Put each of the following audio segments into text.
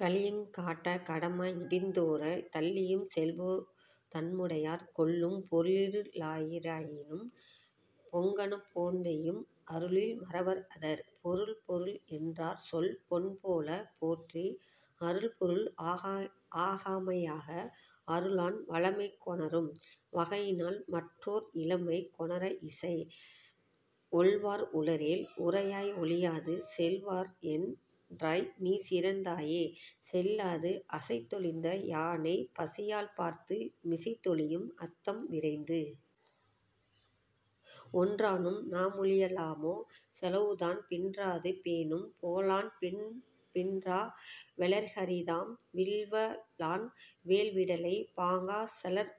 கள்ளியங் காட்ட கடமா இரிந்தோடத் தள்ளியும் செல்பவோ தம்முடையார் கொள்ளும் பொருளில ராயினும் பொங்கெனப்போந் எய்யும் அருளில் மறவர் அதர். பொருள் பொருள் என்றார்சொல் பொன்போலப் போற்றி அருள்பொருள் ஆகாமை யாக அருளான் வளமை கொணரும் வகையினால் மற்றோர் இளமை கொணர இசை. ஒல்வார் உளரேல் உரையாய் ஒழியாது செல்வார்என் றாய்நீ சிறந்தாயே செல்லாது அசைந்தொழிந்த யானை பசியால்ஆள் பார்த்து மிசைந்தொழியும் அத்தம் விரைந்து. ஒன்றானும் நாமொழிய லாமோ செலவுதான் பின்றாது பேணும் புகழான்பின் பின்றா வெலற்கரிதாம் வில்வலான் வேல்விடலை பாங்காச் செலற்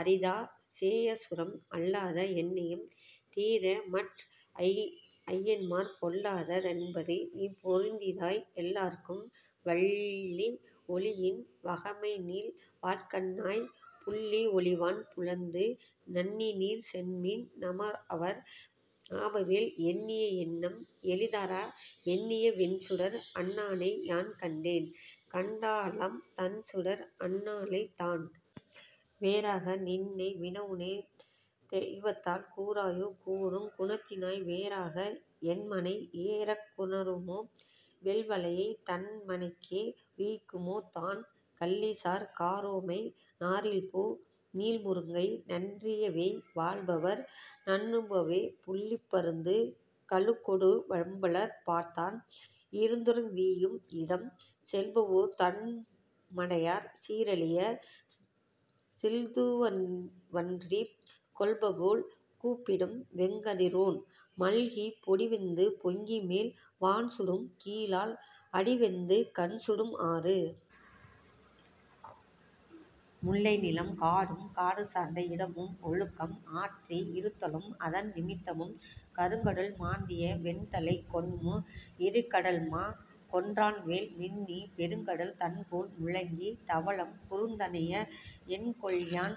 அரிதாச் சேய சுரம். அல்லாத என்னையும் தீரமற் ஐயன்மார் பொல்லாத தென்பது நீபொருந்தாய் எல்லார்க்கும் வல்லி ஒழியின் வகைமைநீள் வாட்கண்ணாய் புல்லி ஒழிவான் புலந்து. நண்ணிநீர் சென்மின் நமர்அவர் ஆபவேல் எண்ணிய எண்ணம் எளிதரா எண்ணிய வெஞ்சுடர் அன்னானை யான்கண்டேன் கண்டாளாம் தண்சுடர் அன்னாளைத் தான். வேறாக நின்னை வினவுனேன் தெய்வத்தால் கூறாயோ கூறுங் குணத்தினனாய் வேறாக என்மனைக் ஏறக்கொணருமோ வெல்வளையைத் தன்மனைக்கே உய்க்குமோ தான். கள்ளிசார் காரோமை நாரில்பூ நீள்முருங்கை நற்றியவேய் வாழ்பவர் நண்ணுபவோ புள்ளிப் பருந்து கழுகொடு வம்பலர்ப் பார்த்தாண் இருந்துறங்க வீயும் இடம். செல்பவோ தம்மடைந்தார் சீரழியச் சிள்துவன்றிக் கொல்பபோல் கூப்பிடும் வெங்கதிரோன் மல்கிப் பொடிவெந்து பொங்கிமேல் வான்சுடும் கீழால் அடிவெந்து கண்சுடும் ஆறு.. முல்லை நிலம்: காடும் காடு சார்ந்த இடமும். ஒழுக்கம்: ஆற்றி இருத்தலும் அதன் நிமித்தமும். கருங்கடல் மாந்திய வெண்தலைக் கொண்மூ இருங்கடல்மா கொன்றான்வேல் மின்னிப் பெருங்கடல் தன்போல் முழங்கித் தளவம் குருந்தனைய என்கொல்யான்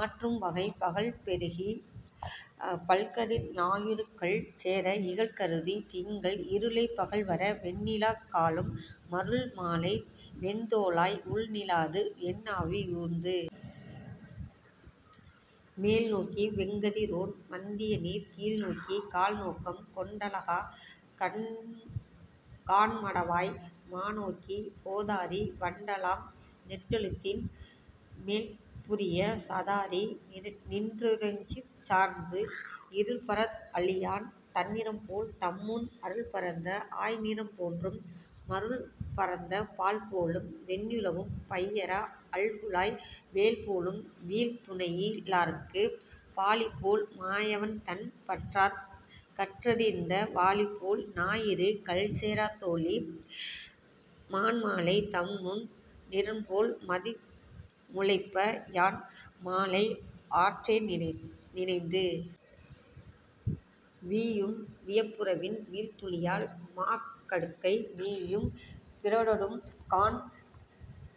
ஆற்றும் வகை. பகல்பருகிப் பல்கதிர் ஞாயிறுகல் சேர இகல்கருதித் திங்கள் இருளைப் பகல்வர வெண்ணிலாக் காலும் மருள்மாலை வேய்த்தோளாய் உள் நிலாது என்ஆவி யூர்ந்து. மேல்நோக்கி வெங்கதிரோன் மத்தியநீர் கீழ் நோக்கிக் கால்நோக்கம் கொண்டழகாக் காண்மடவாய் மானோக்கி போதாரி வண்டெலாம் நெட்டெழுத்தின் மேல்புரிய சாதாரி நின்றறையுஞ் சார்ந்து. இருள்பரந் ஆழியான் தன்னிறம்போல் தம்முன் அருள்பரந்த ஆய்நிறம் போன்றும் மருள்பரந்த பால்போலும் வெண்ணிலவும் பையர அல்குலாய் வேல்போலும் வீழ் துணைஇ லார்க்கு. பாழிபோல் மாயவன்தன் பற்றார் களிற்றெறிந்த வாழிபோல் ஞாயிறு கல்சேரத் தோழி மான்மாலை தம்முன் நிறம்போல் மதிமுளைப்ப யான்மாலை ஆற்றேன் நினைந்து. வீயும் வியப்புறவின் வீழ்துளியால் மாக்கடுக்கை நீயும் பிறரொடும்காண்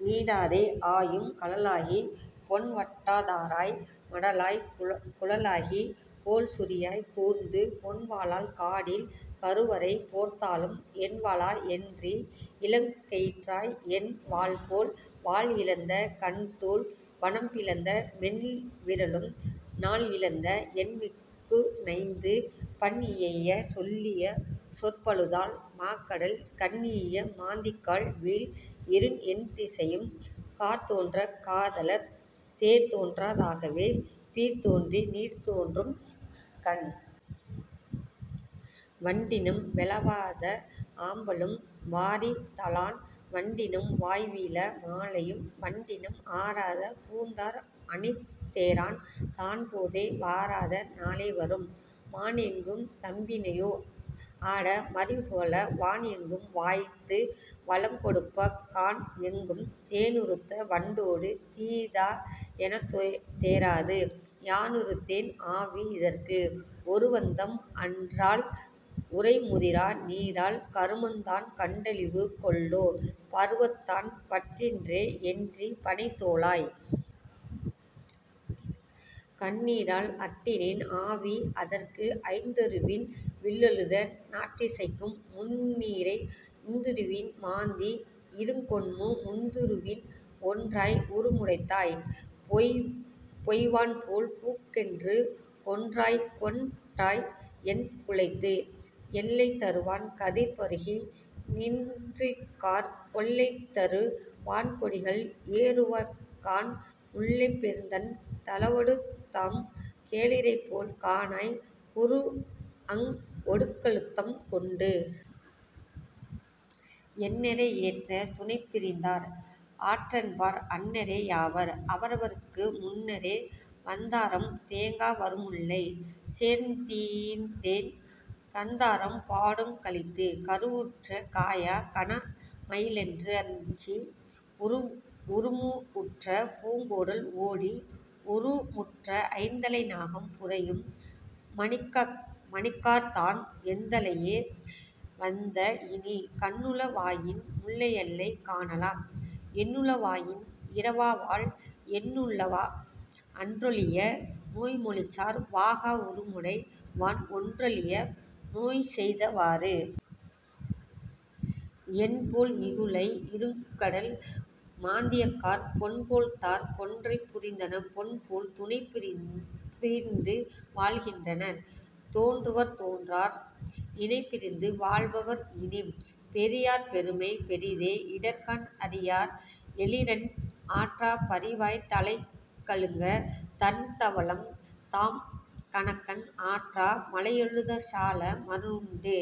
நீடாதே ஆயும் கழலாகிப் பொன்வட்டாய்த் தாராய் மடலாய்க் குழலாகிக் கோல்சுரியாய்க் கூர்ந்து. பொன்வாளால் காடில் கருவரை போர்த்தாலும் என்வாளா என்றி இலங்கெயிற்றாய் என் வாள்போல் வாள்இழந்த கண்தோள் வனம்பிழந்த மெல்விரலும் நாள்இழந்த எண்மிக்கு நைந்து. பண்இயையச் சொல்லிய சொற்பழுதால் மாக்கடல் கண்இயைய மாந்திக்கால் வீழ்த் இருண் எண்திசையும் கார்தோன்றக் காதலர் தேர்தோன்றா தாகவே பீர்தோன்றி நீர்தோன்றும் கண். வண்டினம் வௌவாத ஆம்பலும் வாரிதழான் வண்டினம் வாய்வீழா மாலையும் வண்டினம் ஆராத பூந்தார் அணிதேரான் தான்போத வாராத நாளே வரும். மான்எங்கும் தம்பிணையோ ஆட மறிஉகள வான்எங்கும் வாய்த்து வளம்கொடுப்பக் கான்எங்கும் தேனிறுத்த வண்டோடு தீதா எனத்தேராது யானிறுத்தேன் ஆவி இதற்கு. ஒருவந்தம் அன்றால் உறைமுதிரா நீரால் கருமம்தான் கண்டழிவு கொல்லோ பருவந்தான் பட்டின்றே என்றி பணைத் தோளாய்! கண்ணீரால் அட்டினேன் ஆவி அதற்கு. ஐந்துருவின் வில்லெழுத நாற்றிசைக்கும் முந்நீரை இந்துருவின் மாந்தி இருங்கொண்மூ முந்துருவின் ஒன்றாய் உருமுடைத்தாய் பெய்வான்போல் பூக்கென்று கொன்றாய்கொன் றாய்என் குழைத்து. எல்லை தருவான் கதிர் பருகி யீன்றகார் கொல்லைதரு வான்கொடிகள் ஏறுவகாண் முல்லை பெருந்தண் தளவொடுதம் கேளிரைப்போல் காணாய் குருந்அங் ஒடுங்கழுத்தம் கொண்டு. என்னரே ஏற்ற துணைப்பிரிந்தார் ஆற்றென்பார் அன்னரே யாவர் அவரவர்க்கு முன்னரே வந்ஆரம் தேங்கா வருமுல்லை, சேர்தீந்தேன் கந்தாரம் பாடுங் களித்து. கருவுற்ற காயாக் கணமயிலென்று றஞ்சி உருமுஉற்ற பூங்கோடல் ஓடி உருமுற்ற ஐந்தலை நாகம் புரையும் மணிக்கார்தான் எந்தலையே வந்த இனி. கண்ணுள வாயின் முலையல்லை காணலாம் எண்ணுள வாயின் இறவாவால் எண்ணுளவா அன்றொழிய நோய்மொழிச்சார் வாகா உருமுடை வான் ஒன்றொழிய நோய்செய்த வாறு. என்போல் இகுளை! இருங்கடல் மாந்தியகார் பொன்போல்தார் கொன்றை புரிந்தன பொன்போல் துணைபிரிந்து வாழ்கின்றனர் தோன்றுவர் தோன்றார், இணைபிரிந்து வாழ்பவர் இனி. பெரியார் பெருமை பெரிதே இடர்க்காண் அரியார் எளியரென் ஆற்றாப் பரிவாய்த் தலையழுங்க தண்தளவம் தாம்நகக்கண் ஆற்றா மலையழுத சால மருண்டு.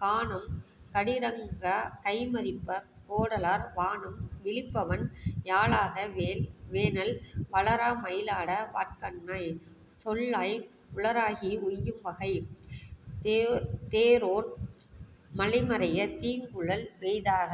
கானம் கடியரங்காக் கைம்மறிப்பக் கோடலார் வானம் விளிப்பவண் யாழாக வேனல் வளரா மயிலாட வாட்கண்ணாய்! சொல்லாய் உளராகி உய்யும் வகை. தேரோன் மலைமறையத் தீங்குழல் வெய்தாக।